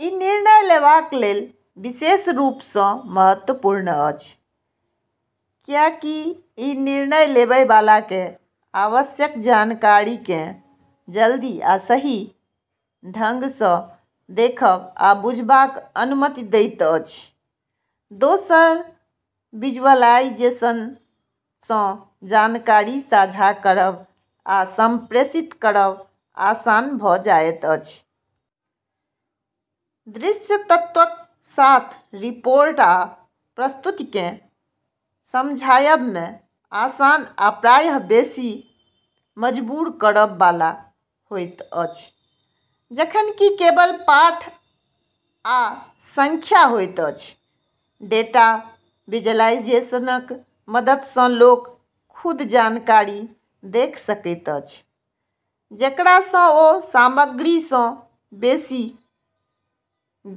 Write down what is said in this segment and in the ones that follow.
ई निर्णय लेबाक लेल विशेष रूपसँ महत्वपूर्ण अछि, किएकि ई निर्णय लेबय वालाकेँ आवश्यक जानकारीकेँ जल्दी आ सही ढङ्गसँ देखब आ बुझबाक अनुमति दैत अछि। दोसर, विजुअलाइजेशनसँ जानकारी साझा करब आ सम्प्रेषित करब आसान भऽ जाइत अछि। दृश्य तत्वक साथ रिपोर्ट आ प्रस्तुतिकेँ समझायबमे आसान आ प्रायः बेसी मजबूर करब वाला होइत अछि, जखन कि केवल पाठ आ सङ्ख्या होइत अछि। डेटा विजुअलाइजेशनक मददसँ लोक खुद जानकारी देख सकैत अछि, जेकरासँ ओ सामग्रीसँ बेसी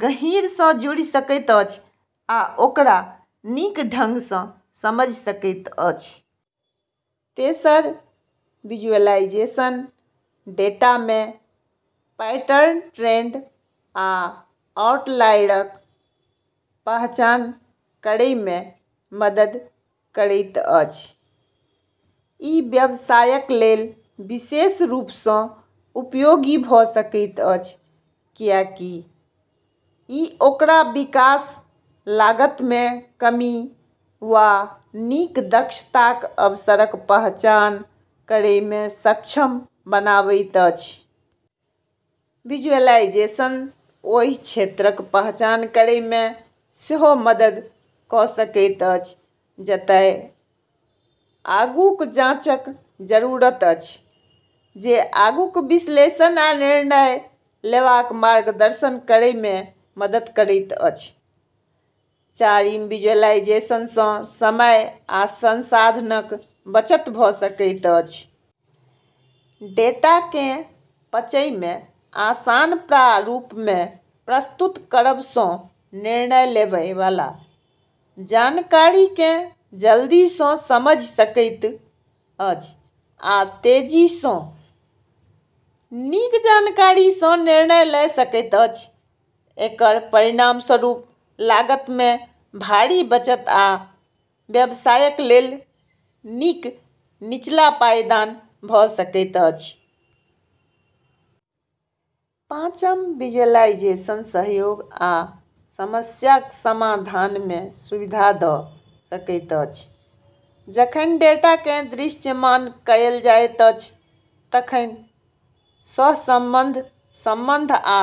गहींरसँ जुड़ि सकैत अछि आ ओकरा नीक ढङ्गसँ समझि सकैत अछि। तेसर, विजुअलाइजेशन डेटामे पैटर्न, ट्रेन्ड आ आउटलायरक पहचान करैमे मदद करैत अछि। ई व्यवसायक लेल विशेष रूपसँ उपयोगी भऽ सकैत अछि, किएकि ई ओकरा विकास, लागतमे कमी, वा नीक दक्षताक अवसरक पहचान करैमे सक्षम बनाबैत अछि। विजुअलाइजेशन ओही क्षेत्रक पहचान करैमे सेहो मदद कऽ सकैत अछि जतय आगूक जाँचक जरूरत अछि, जे आगूक विश्लेषण आ निर्णय लेबाक मार्गदर्शन करैमे मदद करैत अछि। चारिम, विजुअलाइजेशनसँ समय आ संसाधनक बचत भऽ सकैत अछि। डेटाकेँ पचयमे आसान प्रारूपमे प्रस्तुत करबसँ निर्णय लेबय वाला जानकारीकेँ जल्दीसँ समझि सकैत अछि आ तेजीसँ, नीक जानकारीसँ निर्णय लय सकैत अछि। एकर परिणामस्वरूप लागतमे भारी बचत आ व्यवसायक लेल नीक निचला पायदान भऽ सकैत अछि। पाँचम, विजुअलाइजेशन सहयोग आ समस्याक समाधानमे सुविधा दऽ सकैत अछि। जखन डेटाकेँ दृश्यमान कएल जाइत अछि तखन सहसम्बन्ध, सम्बन्ध आ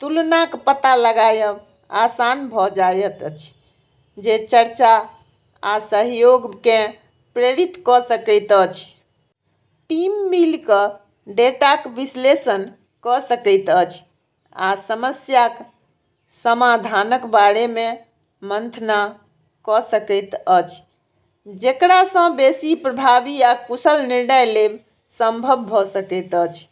तुलनाक पता लगाएब आसान भऽ जाइत अछि, जे चर्चा आ सहयोगकेँ प्रेरित कऽ सकैत अछि। टीम मिलि कऽ डेटाक विश्लेषण कऽ सकैत अछि आ समस्याक समाधानक बारेमे मन्थना कऽ सकैत अछि, जेकरासँ बेसी प्रभावी आ कुशल निर्णय लेब सम्भव भऽ सकैत अछि।